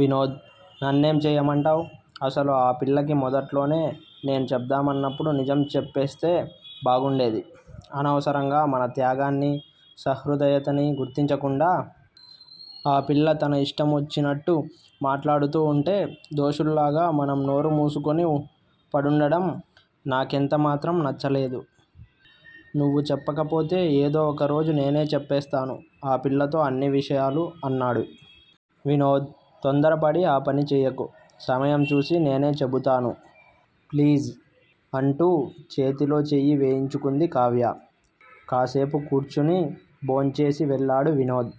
వినోద్! నన్నేం చెయ్యమంటావ్? అసలు ఆపిల్లకి మొదట్లోనే, నేను చెబ్దామన్నప్పుడు, నిజం చెప్పేస్తే బాగుండేది! అనవసరంగా, మన త్యాగాన్నీ, సహృదయతనీ గుర్తించకుండా, ఆ పిల్ల తన ఇష్టమొచ్చినట్టు మాట్లాడుతూ వుంటే, దోషుల్లాగా మనం నోరుమూసుకుని పడుండడం, నాకెంత మాత్రం నచ్చలేదు. నువ్వు చెప్పకపోతే, ఏదో ఒక రోజు నేనే చెప్పేస్తాను ఆ పిల్లతో అన్ని విషయాలూ అన్నాడు. వినోద్! తొందరపడి ఆ పని చెయ్యకు. సమయం చూసి నేనే చెబుతాను. ప్లీజ్! అంటూ చేతిలో చెయ్యి వేయించుకుంది కావ్య! కాస్సేపు కూర్చుని, భోంచేసి వెళ్ళాడు వినోద్!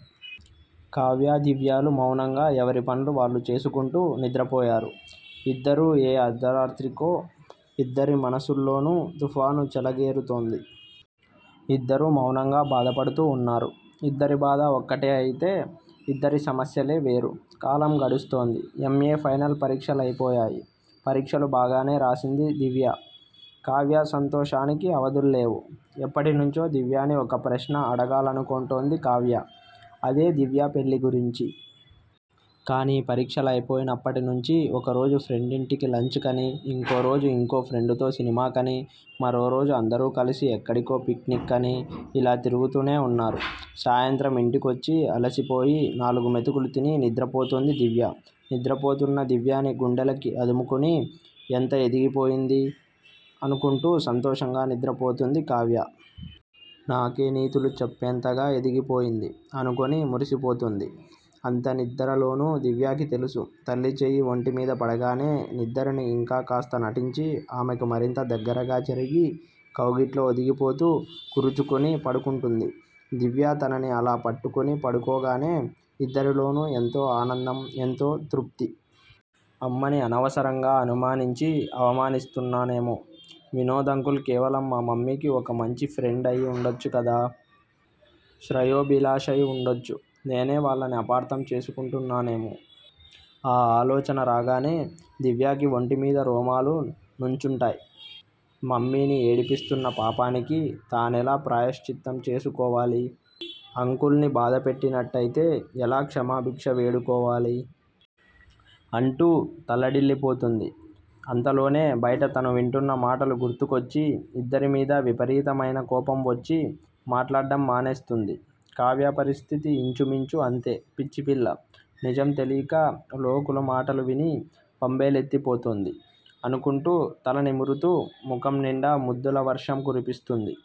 కావ్యా, దివ్యలు మౌనంగా ఎవరి పన్లు వాళ్లు చేసుకుంటూ, నిద్రపోయారు ఇద్దరూ ఏ అర్దరాత్రికో! ఇద్దరి మనసుల్లోనూ తుఫాను చెలగేరుతోంది! ఇద్దరూ మౌనంగా బాధపడుతూ వున్నారు. ఇద్దరి బాధా ఒక్కటే అయితే ఇద్దరి సమస్యలే వేరు. కాలం గడుస్తోంది. ఎమ్. ఏ. ఫైనల్ పరీక్షలయిపోయాయి. పరీక్షలు బాగానే రాశానంది దివ్య! కావ్య సంతోషానికి అవధుల్లేవు! ఎప్పటి నుంచో దివ్యని ఒకప్రశ్న అడగాలనుకుంటోంది కావ్య! అదే దివ్య పెళ్ళి గురించి. కానీ, పరీక్షలయిపోయినప్పటినుంచీ, ఒకరోజు ఫ్రెండింటికి లంచ్ కనీ, ఇంకోరోజు ఇంకో ఫ్రెండుతో సినిమాకనీ, మరో రోజు అందరూ కలిసి ఎక్కడికో పిక్నిక్ కనీ, ఇలా తిరుగుతూనే వున్నారు. సాయంత్రం ఇంటికొచ్చి అలిసిపోయి, నాలుగు మెతుకులు తిని నిద్రపోతోంది దివ్య! నిద్రపోతూన్న దివ్యని గుండెలకి అదుముకుని ఎంత ఎదిగిపోయిందీ అనుకుంటూ సంతోషంతో నిద్రపోతుంది కావ్య! నాకే నీతులు చెప్పేంతగా ఎదిగిపోయింది! అనుకుని మురిసిపోతుంది! అంత నిద్దరలోనూ దివ్యకి తెలుసు, తల్లి చెయ్యి వొంటిమీద పడగానే, నిద్దరని ఇంకా కాస్త నటించి, ఆమెకి మరింత దగ్గరగా జరిగి, కౌగిట్లో ఒదిగిపోతూ, కరుచుకుని పడుకుంటుంది! దివ్య తనని అలా పట్టుకుని పడుకోగానే, ఇద్దరిలోనూ, ఎంతో ఆనందం, ఎంతో తృప్తి! అమ్మని అనవసరంగా అనుమానించి, అవమానిస్తున్నానేమో! వినోద్ అంకుల్ కేవలం మా మమ్మీకి, ఒక మంచి ఫ్రెండయి వుండొచ్చు కదా! శ్రేయోభిలాషై వుండొచ్చు! నేనే వాళ్ళని అపార్ధం చేసుకుంటున్నానేమో? ఆ ఆలోచన రాగానే, దివ్యకి వొంటిమీద రోమాలు నంచుంటాయ్! మమ్మీని ఏడిపిస్తున్న పాపానికీ, తానెలా ప్రాయశ్చిత్తం చేసుకోవాలి? అంకుల్ ని బాధపెట్టినట్టయితే, ఎలా క్షమాభిక్ష వేడుకోవాలి? అంటూ తల్లడిల్లిపోతుంది. అంతలోనే, బయట తను వింటూన్న మాటలు గుర్తుకొచ్చి, ఇద్దరి మీదా విపరీతమయిన కోపం వొచ్చి, మాట్లాడ్డం మానేస్తుంది. కావ్య పరిస్థితీ ఇంచు మించు అంతే! పిచ్చిపిల్ల! నిజం తెలీక, లోకుల మాటలు విని, బెంబేలెత్తి పోతోంది. అనుకుంటూ తల నిమురుతూ, ముఖం నిండా ముద్దుల వర్షం కురిపిస్తుంది!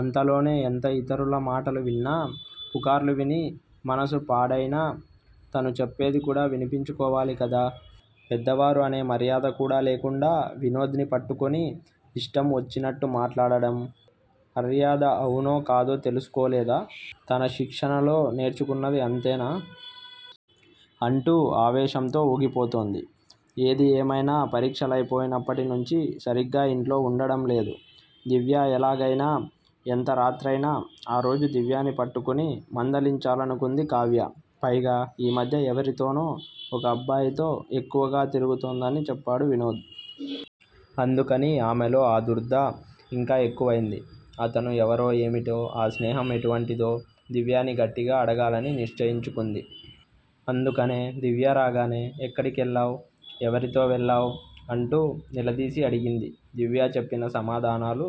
అంతలోనే, ఎంత ఇతరుల మాటలు విన్నా, పుకార్లు విని మనసు పాడయినా, తను చెప్పేది కూడా వినిపించుకోవాలి కదా! పెద్దవారూ అనే మర్యాద కూడా లేకుండా, వినోద్ ని పట్టుకుని ఇష్టం ఒచ్చినట్టు మాట్లాడడం, మర్యాద అవునో కాదో తెలసుకోలేదా? తన శిక్షణలో నేర్చుకున్నది. అంతేనా? అంటూ, ఆవేశంతో ఊగిపోతుంది. ఏది ఏమైనా, పరీక్షలయి పోయినప్పటి నుంచీ, సరిగ్గా ఇంట్లో వుండడం లేదు. దివ్య! ఎలాగైనా, ఎంత రాత్రైనా, ఆ రోజు దివ్యని పట్టుకుని మందలించాలను కుంది కావ్య! పైగా ఈ మధ్య ఎవరితోనో, ఒక అబ్బాయితో ఎక్కువగా తిరుగుతోందని చెప్పాడు వినోద్! అందుకని ఆమెలో ఆదూర్దా ఇంకా ఎక్కువైంది! అతను ఎవరో ఏమిటో, ఆ స్నేహం ఎటువంటిదో, దివ్యని గట్టిగా అడగాలని నిశ్చయించుకుంది! అందుకనే దివ్య రాగానే 'ఎక్కడి కెళ్ళావ్? ఎవరితో వెళ్ళావ్' అంటూ నిలదీసి అడిగింది! దివ్య చెప్పిన సమాధానాలు